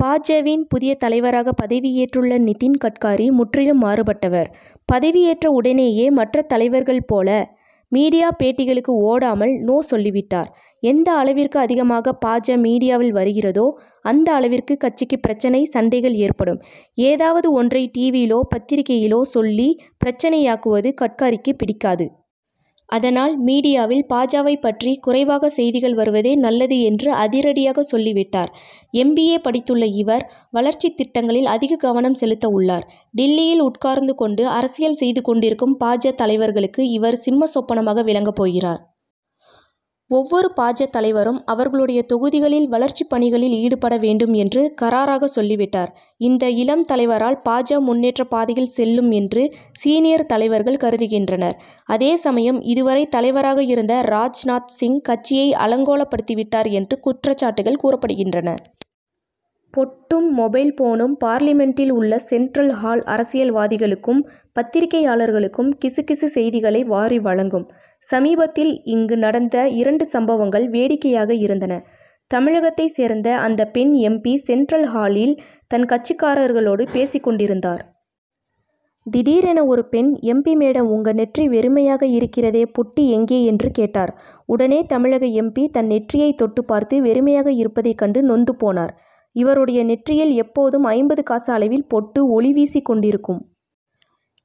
பா. ஜ.,வின் புதிய தலைவராக பதவியேற்றுள்ள நிதின் கட்காரி, முற்றிலும் மாறுபட்டவர். பதவியேற்ற உடனேயே, மற்ற தலைவர்கள் போல, மீடியா பேட்டிகளுக்கு ஓடாமல், நோ சொல்லிவிட்டார். எந்த அளவிற்கு அதிகமாக பா. ஜ., மீடியாவில் வருகிதோ, அந்த அளவிற்கு கட்சிக்கு பிரச்னை, சண்டைகள் ஏற்படும். ஏதாவது ஒன்றை, டிவியிலோ, பத்திரிகையிலோ சொல்லி பிரச்னையாக்குவது, கட்காரிக்கு பிடிக்காது. அதனால் மீடியாவில், பா. ஜ.,வைப் பற்றி குறைவாக செய்திகள் வருவதே நல்லது என்று அதிரடியாக சொல்லிவிட்டார். எம். பி. ஏ., படித்துள்ள இவர், வளர்ச்சித் திட்டங்களில் அதிக கவனம் செலுத்த உள்ளார். டில்லியில் உட்கார்ந்து கொண்டு அரசியல் செய்து கொண்டிருக்கும் பா. ஜ., தலைவர்களுக்கு இவர், சிம்ம சொப்பனமாக விளங்கப் போகிறார். ஒவ்வொரு பா. ஜ., தலைவரும், அவர்களுடைய தொகுதிகளில், வளர்ச்சிப் பணிகளில் ஈடுபட வேண்டும் என்று கறாராக சொல்லிவிட்டார். இந்த இளம் தலைவரால், பா. ஜ., முன்னேற்றப் பாதையில் செல்லும் என்று, சீனியர் தலைவர்கள் கருதுகின்றனர். அதே சமயம், இதுவரை தலைவராக இருந்த ராஜ்நாத் சிங், கட்சியை அலங்கோலப்படுத்தி விட்டார் என்று குற்றச்சாட்டுகள் கூறப்படுகின்றன. பொட்டும் மொபைல் போனும்: பார்லிமென்டில் உள்ள சென்ட்ரல் ஹால், அரசியல்வாதிகளுக்கும், பத்திரிகையாளர்களுக்கும், கிசு கிசு செய்திகளை வாரி வழங்கும். சமீபத்தில் இங்கு நடந்த இரண்டு சம்பவங்கள், வேடிக்கையாக இருந்தன. தமிழகத்தைச் சேர்ந்த அந்த பெண் எம். பி., சென்ட்ரல் ஹாலில், தன் கட்சிக்காரர்களோடு பேசிக் கொண்டிருந்தார். திடீரென ஒரு பெண் எம். பி., மேடம்உங்க நெற்றி வெறுமையாக இருக்கிறதேபொட்டு எங்கே? என்று கேட்டார். உடனே தமிழக எம். பி., தன் நெற்றியைத் தொட்டு பார்த்து, வெறுமையாக இருப்பதைக் கண்டு நொந்து போனார். இவருடைய நெற்றியில் எப்போதும், ஐம்பது காசு அளவில் பொட்டு, ஒளி வீசிக் கொண்டிருக்கும்.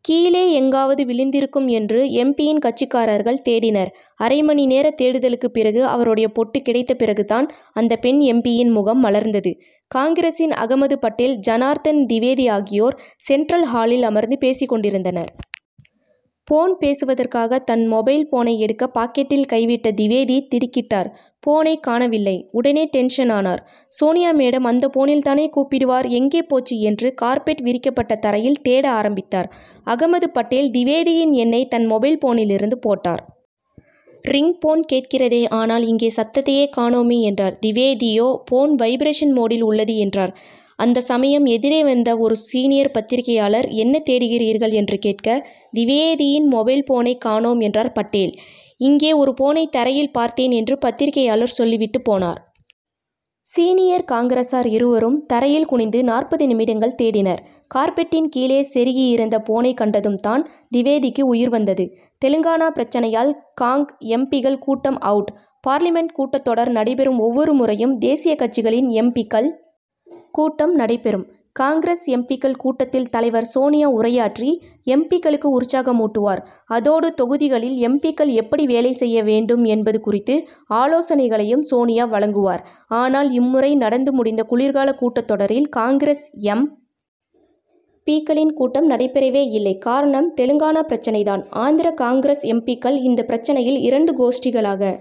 கீழே எங்காவது விழுந்திருக்கும் என்று, எம். பி.,யின் கட்சிக்காரர்கள் தேடினர். அரை மணி நேர தேடுதலுக்குப் பிறகு, அவருடைய பொட்டு கிடைத்த பிறகு தான், அந்த பெண் எம். பி.,யின் முகம் மலர்ந்தது. காங்கிரசின் அகமது பட்டேல், ஜனார்த்தன் திவேதி ஆகியோர், சென்ட்ரல் ஹாலில் அமர்ந்து பேசிக் கொண்டிருந்தனர். போன் பேசுவதற்காக, தன் மொபைல் போனை எடுக்க பாக்கெட்டில் கை விட்ட திவேதி, திடுக்கிட்டார். போனைக் காணவில்லை. உடனே டென்ஷன் ஆனார். சோனியா மேடம் அந்த போனில் தானே கூப்பிடுவார்எங்கே போச்சு என்று, கார்பெட் விரிக்கப்பட்ட தரையில் தேட ஆரம்பித்தார். அகமது பட்டேல், திவேதியின் எண்ணை தன் மொபைல் போனிலிருந்து போட்டார். ரிங் போன் கேட்கிறதேஆனால் இங்கே சத்தத்தையே காணோமே என்றார். திவேதியோபோன் வைப்ரேஷன் மோடில் உள்ளது என்றார். அந்த சமயம் எதிரே வந்த ஒரு சீனியர் பத்திரிகையாளர், என்ன தேடுகிறீர்கள்' என்று கேட்க, திவேதியின் மொபைல் போனைக் காணோம் என்றார் பட்டேல். இங்கே ஒரு போனை தரையில் பார்த்தேன் என்று பத்திரிகையாளர் சொல்லிவிட்டுப் போனார். சீனியர் காங்கிரசார் இருவரும், தரையில் குனிந்து நாற்பது நிமிடங்கள் தேடினர். கார்பெட்டின் கீழே செருகியிருந்த போனைக் கண்டதும் தான், திவேதிக்கு உயிர் வந்தது. தெலுங்கானா பிரச்னையால் காங்., எம். பி.,க்கள் கூட்டம் அவுட்: பார்லிமென்ட் கூட்டத்தொடர் நடைபெறும் ஒவ்வொரு முறையும், தேசிய கட்சிகளின் எம். பி.,க்கள் கூட்டம் நடைபெறும். காங்கிரஸ் எம். பி.,க்கள் கூட்டத்தில் தலைவர் சோனியா உரையாற்றி, எம். பி.,க்களுக்கு உற்சாகமூட்டுவார். அதோடு, தொகுதிகளில், எம். பி.,க்கள் எப்படி வேலை செய்ய வேண்டும் என்பது குறித்து, ஆலோசனைகளையும் சோனியா வழங்குவார். ஆனால், இம்முறை நடந்து முடிந்த குளிர்கால கூட்டத்தொடரில், காங்கிரஸ் எம். பி.,க்களின் கூட்டம் நடைபெறவேயில்லை. காரணம், தெலுங்கானா பிரச்னை தான். ஆந்திர காங்கிரஸ் எம். பி.,க்கள், இந்த பிரச்னையில் இரண்டு கோஷ்டிகளாக